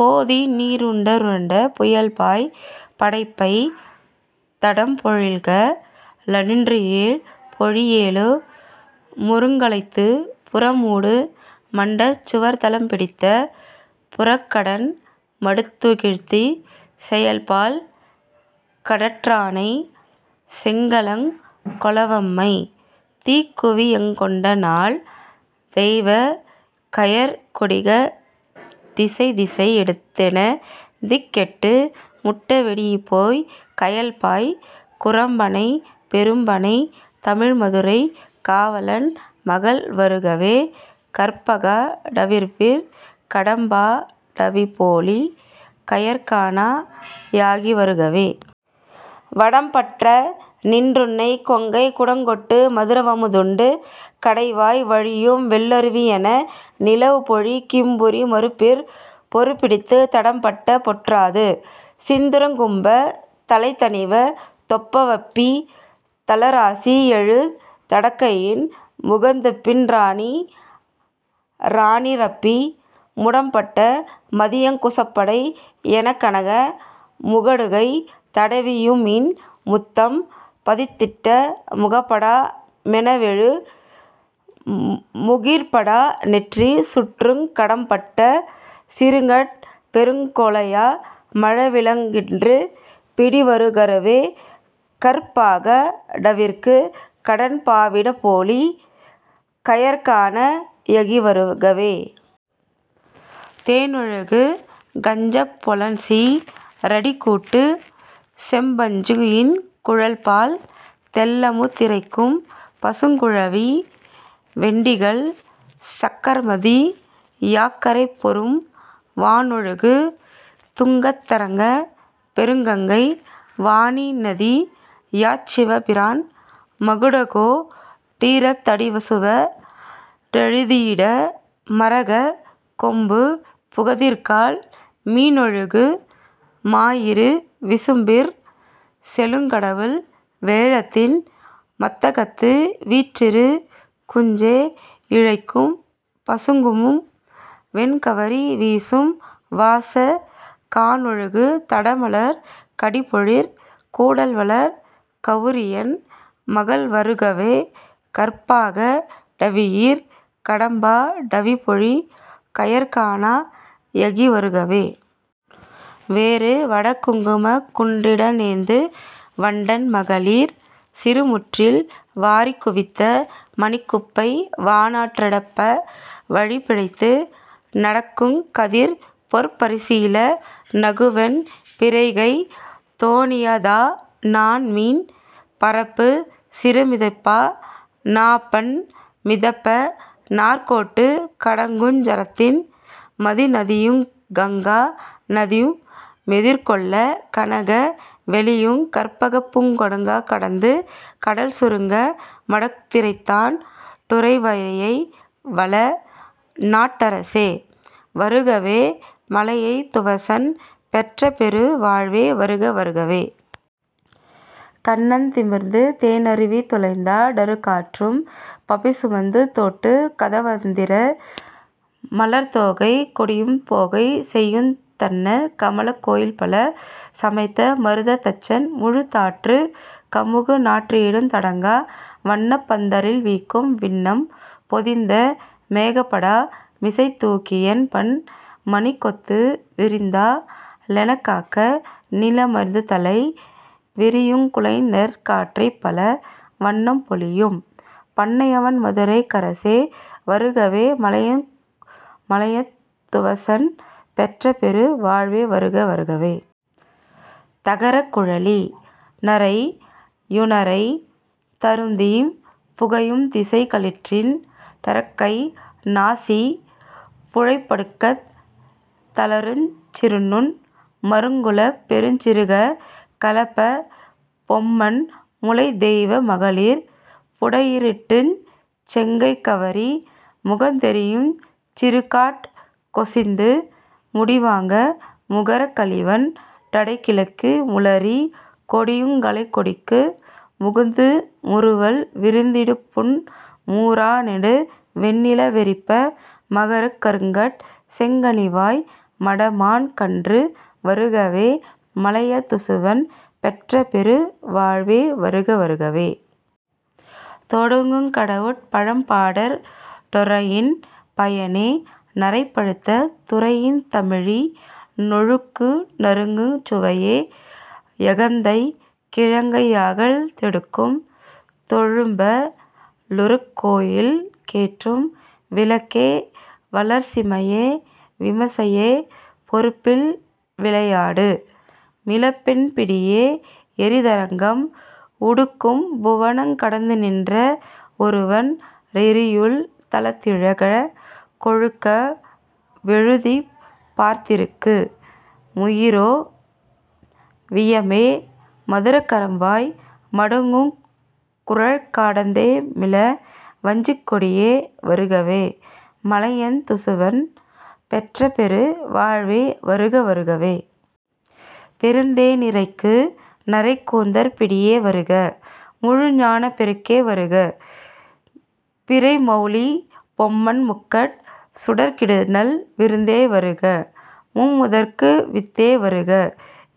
மோதிநீ ருண்டிருண்ட புயல்பாய் படப்பைத் தடம்பொழில்க ளன்றியேழ் பொழிலையு மொருங்கலைத்துப் புறமூடு மண்டச் சுவர்த்தலமிடித்தப் புறக்கடன் மடுத்துழக்கிச் செயல்பாய் கடற்றானை செங்களங் கொளவம்மை திக்குவிச யங்கொண்டநாள் தெய்வக் கயற்கொடிக டிசைதிசை யெடுத்தெனத் திக்கெட்டு முட்டவெடிபோய்க் கயல்பாய் குரம்பணை பெரும்பணைத் தமிழ்மதுரை காவலன் மகள்வருகவே கற்பகா டவியிற் கடம்பா டவிப்பொலி கயற்கணா யகிவருகவே. வடம்பட்ட நின்றுணைக் கொங்கைக் குடங்கொட்டு மதுரவமு துண்டு கடைவாய் வழியும்வெள் ளருவியென நிலவுபொழி கிம்புரி மருப்பிற் பொருபிடித்துத் தடம்பட்ட பொற்றாது சிந்துரங் கும்பத் தலத்தணிவ தொப்பவப்பிச் சலராசி யேழுந் தடக்கையின் முகந்துபின் றானநீ ரானிரப்பி முடம்பட்ட மதியங் குசப்படை யெனக்ககன முகடுகை தடவியுடுமீன் முத்தம் பதித்திட்ட முகபடா மெனவெழு முகிற்படா நெற்றிசுற்றுங் கடம்பட்ட சிறுகட் பெருங்கொலைய மழவிளங் களிறீன்ற பிடிவருகவே கற்பகா டவியிற் கடம்பா டவிப்பொலி கயற்கணா யகிவருகவே. தேனொழுகு கஞ்சப் பொலன்சீ றடிக்கூட்டு செம்பஞ்சி யின்குழம்பால் தெள்ளமு திறைக்கும் பசுங்குழவி வெண்டிங்கள் செக்கர்மதி யாக்கரைபொரும் வானொழுகு துங்கத் தரங்கப் பெருங்கங்கை வாணிநதி யாச்சிவபிரான் மகுடகோ டீரத் தடிச்சுவ டழுத்தியிடு மரகதக் கொம்புகதிர்கால் மீனொழுகு மாயிரு விசும்பிற் செலுங்கடவுள் வேழத்தின் மத்தகத்து வீற்றிருக் குஞ்சே யிழைக்கும் பசுங்கமுகு வெண்கவரி வீசும் வாசக் கானொழுகு தடமலர்க் கடிபொழிற் கூடல்வளர் கவுரியன் மகள்வருகவே கற்பகா டவியிற் கடம்பா டவிப்பொலி கயற்கணா யகிவருகவே. வேறு வடக்குங் குமக்குன் றிரண்டேந்தும் வண்டன் மகளிர் சிறுமுற்றில் வாரிக் குவித்த மணிக்குப்பை வானா றடைப்ப வழிபிழைத்து நடக்குங் கதிர்பொற் பரிசிலா நகுவெண் பிறைகைத் தோணியதா நாண்மீன் பரப்புச் சிறுமிதப்பா நாப்பண் மிதப்ப நாற்கோட்டுக் கடக்குஞ் சரத்தின் மதிநதியுங் கங்கா நதியு மெதிர்கொள்ளக் ககன வெளியுங் கற்பகப்பூங் காடுங் கடந்து கடல்சுருங்க மடுக்குந் திரைத்தண் டுறைவையை வளநாட் டரசே வருகவே மலையத் துவசன் பெற்றபெரு வாழ்வே வருக வருகவே. கண்ணந் திமிர்ந்து தேனருவி துளைந்தா டறுகாற் றும்பிபசுந் தோட்டுக் கதவந்திறப்ப மலர்த் தோகை குடிபுக் கோகைசெயுந் தண்ணங் கமலக் கோயில்பல சமைத்த மருதத் தச்சன்முழு தாற்றுக் கமுகு நாற்றியிடுந் தடங்கா வணப்பந் தரில்வீக்கும் விண்ணம் பொதிந்த மேகபடா மிசைத்தூக் கியம்பன் மணிக்கொத்து விரிந்தா லெனக்கா னிமிர்ந்துதலை விரியுங் குலைநெற் கற்றைபல வண்ணம் பொலியும் பண்ணைவயன் மதுரைக் கரசே வருகவே மலையத் துவசன் பெற்றபெரு வாழ்வே வருக வருகவே. தகரக் குழலி னறையுநறை தருதீம் புகையுந் திசைக்களிற்றின் றடக்கை நாசிப் புழைமடுப்பத் தளருஞ் சிறுநுண் மருங்குல்பெருஞ் சிகரக் களபப் பொம்மன்முலைத் தெய்வ மகளிர் புடையிரட்டுஞ் செங்கைக் கவரி முகந்தெறியுஞ் சிறுகாற் கொசிந்து குடிவாங்க முகரக் களிவண் டடைகிடக்கு முளரிக் கொடிக்குங் கலைக்கொடிக்கு முருந்து முறுவல் விருந்திடுபுன் மூர னெடுவெண் ணிலவெறிப்ப மகரக் கருங்கட் செங்கனிவாய் மடமான் கன்று வருகவே மலையத் துவசன் பெற்றபெரு வாழ்வே வருக வருகவே. தொடுக்குங் கடவுட் பழம்பாடற் றொடையின் பயனே நறைபழுத்த துறைத்தீந் தமிழி னொழுகுநறுஞ் சுவையே யகந்தைக் கிழங்கையகழ்ந் தெடுக்கும் தொழும்ப ருளக்கோயிற் கேற்றும் விளக்கே வளர்சிமய விமயப் பொருப்பில் விளையாடு மிளமென் பிடியே யெறிதரங்கம் உடுக்கும் புவனங் கடந்துநின்ற வொருவன் றிருவுள் ளத்திலழ கொழுக வெழுதிப் பார்த்திருக்கு முயிறோ வியமே மதுகரம்வாய் மடுக்குங் குழற்கா டேந்துமிள வஞ்சிக்கொடியே வருகவே மலையத் துவசன் பெற்றபெரு வாழ்வே வருக வருகவே. பெருந்தே னிறைக்கு நறைக்கூந்தற் பிடியே வருக முழுஞானப் பெருக்கே வருக பிறைமௌலிப் பெம்மான் முக்கட் சுடர்க்கிடுநல் விருந்தே வருக மும்முதற்கும் வித்தே வருக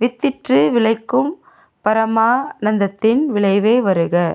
வித்தின்றி விளைக்கும் பரமா னந்தத்தின் விளைவே வருக